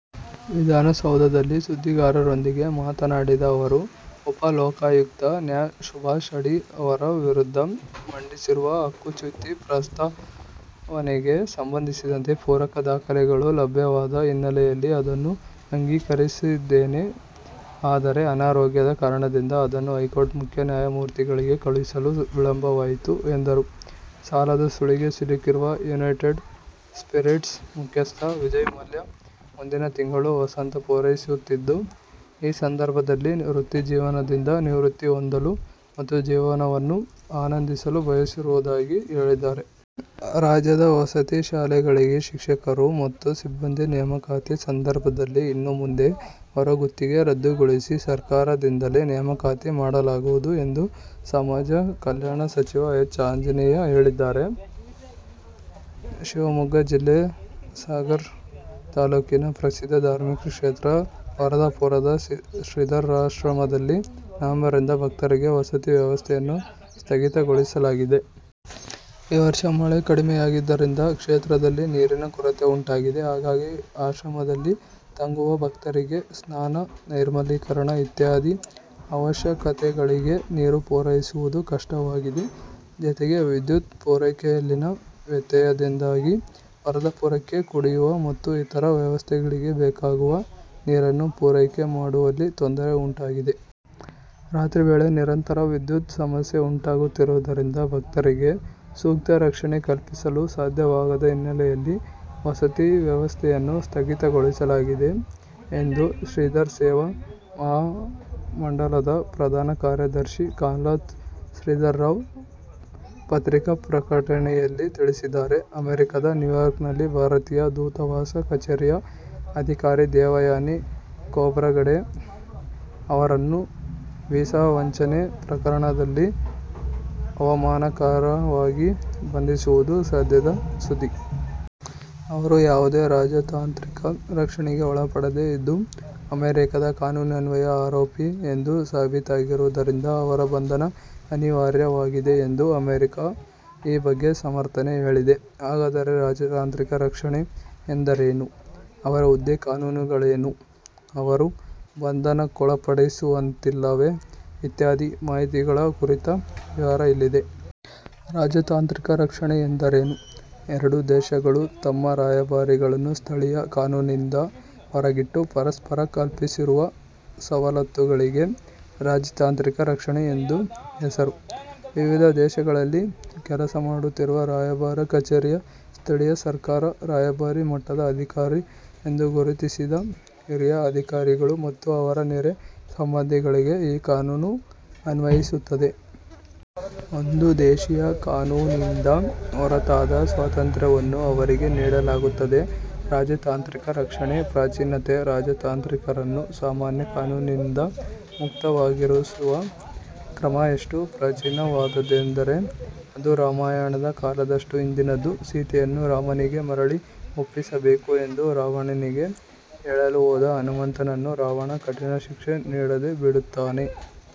ವಿಧಾನಸೌಧದಲ್ಲಿ ಸುದ್ದಿಗಾರರೊಂದಿಗೆ ಮಾತನಾಡಿದ ಅವರು, ಉಪಲೋಕಾಯುಕ್ತ ನ್ಯಾ ಸುಭಾಷ್ ಅಡಿ ಅವರ ವಿರುದ್ಧ ಮಂಡಿಸಿರುವ ಹಕ್ಕುಚ್ಯುತಿ ಪ್ರಸ್ತಾವನೆಗೆ ಸಂಬಂಧಿಸಿದಂತೆ ಪೂರಕ ದಾಖಲೆಗಳು ಲಭ್ಯವಾದ ಹಿನ್ನೆಲೆಯಲ್ಲಿ ಅದನ್ನು ಅಂಗೀಕರಿಸಿದ್ದೇನೆ. ಆದರೆ, ಅನಾರೋಗ್ಯದ ಕಾರಣದಿಂದಾಗಿ ಅದನ್ನು ಹೈಕೋರ್ಟ್ ಮುಖ್ಯ ನ್ಯಾಯಮೂರ್ತಿಗಳಿಗೆ ಕಳುಹಿಸಲು ವಿಳಂಬವಾಯಿತು ಎಂದರು. ಸಾಲದ ಸುಳಿಗೆ ಸಿಲುಕಿರುವ ಯುನೈಟೆಡ್ ಸ್ಪಿರಿಟ್ಸ್ ಮುಖ್ಯಸ್ಥ ವಿಜಯ್ ಮಲ್ಯ ಮುಂದಿನ ತಿಂಗಳು ವಸಂತ ಪೂರೈಸುತ್ತಿದ್ದು, ಈ ಸಂದರ್ಭದಲ್ಲಿ ವೃತ್ತಿ ಜೀವನದಿಂದ ನಿವೃತ್ತಿ ಹೊಂದಲು ಮತ್ತು ಜೀವನವನ್ನು ಆನಂದಿಸಲು ಬಯಸಿರುವುದಾಗಿ ಹೇಳಿದ್ದಾರೆ. ರಾಜ್ಯದ ವಸತಿ ಶಾಲೆಗಳಿಗೆ ಶಿಕ್ಷಕರು ಮತ್ತು ಸಿಬ್ಬಂದಿ ನೇಮಕಾತಿ ಸಂದರ್ಭದಲ್ಲಿ ಇನ್ನು ಮುಂದೆ ಹೊರಗುತ್ತಿಗೆ ರದ್ದುಗೊಳಿಸಿ ಸರ್ಕಾರದಿಂದಲೇ ನೇಮಕಾತಿ ಮಾಡಲಾಗುವುದು ಎಂದು ಸಮಾಜ ಕಲ್ಯಾಣ ಸಚಿವ ಎಚ್. ಆಂಜನೇಯ ಹೇಳಿದ್ದಾರೆ. ಶಿವಮೊಗ್ಗ ಜಿಲ್ಲೆ ಸಾಗರ ತಾಲೂಕಿನ ಪ್ರಸಿದ್ಧ ಧಾರ್ಮಿಕ ಕ್ಷೇತ್ರ ವರದಪುರದ ಶ್ರೀಧರಾಶ್ರಮದಲ್ಲಿ ನವೆಂಬರ್ ರಿಂದ ಭಕ್ತರಿಗೆ ವಸತಿ ವ್ಯವಸ್ಥೆಯನ್ನು ಸ್ಥಗಿತಗೊಳಿಸಲಾಗಿದೆ. ಈ ವರ್ಷ ಮಳೆ ಕಡಿಮೆಯಾಗಿದ್ದರಿಂದ ಕ್ಷೇತ್ರದಲ್ಲಿ ನೀರಿನ ಕೊರತೆ ಉಂಟಾಗಿದೆ. ಹಾಗಾಗಿ, ಆಶ್ರಮದಲ್ಲಿ ತಂಗುವ ಭಕ್ತರಿಗೆ ಸ್ನಾನ, ನೈರ್ಮಲೀಕರಣ ಇತ್ಯಾದಿ ಅವಶ್ಯಕತೆಗಳಿಗೆ ನೀರು ಪೂರೈಸುವುದು ಕಷ್ಟವಾಗಿದೆ. ಜತೆಗೆ, ವಿದ್ಯುತ್ ಪೂರೈಕೆಯಲ್ಲಿನ ವ್ಯತ್ಯಯದಿಂದಾಗಿ ವರದಪುರಕ್ಕೆ ಕುಡಿಯುವ ಮತ್ತು ಇತರ ವ್ಯವಸ್ಥೆಗಳಿಗೆ ಬೇಕಾಗುವ ನೀರನ್ನು ಪೂರೈಕೆ ಮಾಡುವಲ್ಲಿ ತೊಂದರೆ ಉಂಟಾಗಿದೆ. ರಾತ್ರಿ ವೇಳೆ ನಿರಂತರ ವಿದ್ಯುತ್ ಸಮಸ್ಯೆ ಉಂಟಾಗುತ್ತಿರುವುದರಿಂದ ಭಕ್ತರಿಗೆ ಸೂಕ್ತ ರಕ್ಷಣೆ ಕಲ್ಪಿಸಲು ಸಾಧ್ಯವಾಗದ ಹಿನ್ನೆಲೆಯಲ್ಲಿ ವಸತಿ ವ್ಯವಸ್ಥೆಯನ್ನು ಸ್ಥಗಿತಗೊಳಿಸಲಾಗಿದೆ ಎಂದು ಶ್ರೀಧರ ಸೇವಾ ಮಹಾಮಂಡಲದ ಪ್ರಧಾನ ಕಾರ್ಯದರ್ಶಿ ಕಾನ್ಲ ಶ್ರೀಧರ ರಾವ್ ಪತ್ರಿಕಾ ಪ್ರಕಟಣೆಯಲ್ಲಿ ತಿಳಿಸಿದ್ದಾರೆ. ಅಮೆರಿಕದ ನ್ಯೂಯಾರ್ಕ್ನಲ್ಲಿನ ಭಾರತೀಯ ದೂತವಾಸ ಕಚೇರಿಯ ಅಧಿಕಾರಿ ದೇವಯಾನಿ ಖೋಬ್ರಗಡೆ ಅವರನ್ನು ವೀಸಾ ವಂಚನೆ ಪ್ರಕರಣದಲ್ಲಿ ಅವಮಾನಕರವಾಗಿ ಬಂಧಿಸುವುದು ಸದ್ಯದ ಸುದ್ದಿ. ಅವರು ಯಾವುದೇ ರಾಜತಾಂತ್ರಿಕ ರಕ್ಷಣೆಗೆ ಒಳಪಡದೇ ಇದ್ದು, ಅಮೆರಿಕದ ಕಾನೂನಿನ್ವಯ ಆರೋಪಿ ಎಂದು ಸಾಬೀತಾಗಿರುವುದರಿಂದ ಅವರ ಬಂಧನ ಅನಿವಾರ್ಯವಾಗಿದೆ ಎಂದು ಅಮೆರಿಕ ಈ ಬಗ್ಗೆ ಸಮರ್ಥನೆ ಹೇಳಿದೆ. ಹಾಗಾದರೆ ರಾಜತಾಂತ್ರಿಕ ರಕ್ಷಣೆ ಎಂದರೇನು? ಅವರ ಹುದ್ದೆ, ಕಾನೂನುಗಳೇನು? ಅವರನ್ನು ಬಂಧನಕ್ಕೊಳಪಡಿಸುವಂತಿಲ್ಲವೇ ಇತ್ಯಾದಿ ಮಾಹಿತಿಗಳ ಕುರಿತ ವಿವರ ಇಲ್ಲಿದೆ. ರಾಜತಾಂತ್ರಿಕ ರಕ್ಷಣೆ ಎಂದರೇನು? ಎರಡು ದೇಶಗಳು, ತಮ್ಮ ರಾಯಭಾರಿಗಳನ್ನು ಸ್ಥಳೀಯ ಕಾನೂನಿನಿಂದ ಹೊರಗಿಟ್ಟು, ಪರಸ್ಪರ ಕಲ್ಪಿಸಿರುವ ಸವಲತ್ತುಗಳಿಗೆ ರಾಜತಾಂತ್ರಿಕ ರಕ್ಷಣೆ ಎಂದು ಹೆಸರು. ವಿವಿಧ ದೇಶಗಳಲ್ಲಿ ಕೆಲಸ ಮಾಡುತ್ತಿರುವ ರಾಯಭಾರ ಕಚೇರಿಯ, ಸ್ಥಳೀಯ ಸರ್ಕಾರ ರಾಯಭಾರಿ ಮಟ್ಟದ ಅಧಿಕಾರಿ ಎಂದು ಗುರುತಿಸಿದ ಹಿರಿಯ ಅಧಿಕಾರಿಗಳು ಮತ್ತು ಅವರ ನೇರ ಸಂಬಂಧಿಗಳಿಗೆ ಈ ಕಾನೂನು ಅನ್ವಯಿಸುತ್ತದೆ. ಒಂದು ದೇಶೀಯ ಕಾನೂನಿಂದ ಹೊರತಾದ ಸ್ವಾತಂತ್ರ್ಯವನ್ನು ಅವರಿಗೆ ನೀಡಲಾಗುತ್ತದೆ. ರಾಜತಾಂತ್ರಿಕ ರಕ್ಷಣೆಯ ಪ್ರಾಚೀನತೆ ರಾಜತಾಂತ್ರಿಕರನ್ನು ಸಾಮಾನ್ಯ ಕಾನೂನಿನಿಂದ ಮುಕ್ತವಾಗಿರಿಸುವ ಕ್ರಮ ಎಷ್ಟು ಪ್ರಾಚೀನವಾದ್ದೆಂದರೆ ಅದು ರಾಮಾಯಣದ ಕಾಲದಷ್ಟು ಹಿಂದಿನದು. ಸೀತೆಯನ್ನು ರಾಮನಿಗೆ ಮರಳಿ ಒಪ್ಪಿಸಬೇಕು ಎಂದು ರಾವಣನಿಗೆ ಹೇಳಲು ಹೋದ ಹನುಮಮಂತನನ್ನು ರಾವಣ ಕಠಿಣ ಶಿಕ್ಷೆ ನೀಡದೆ ಬಿಡುತ್ತಾನೆ.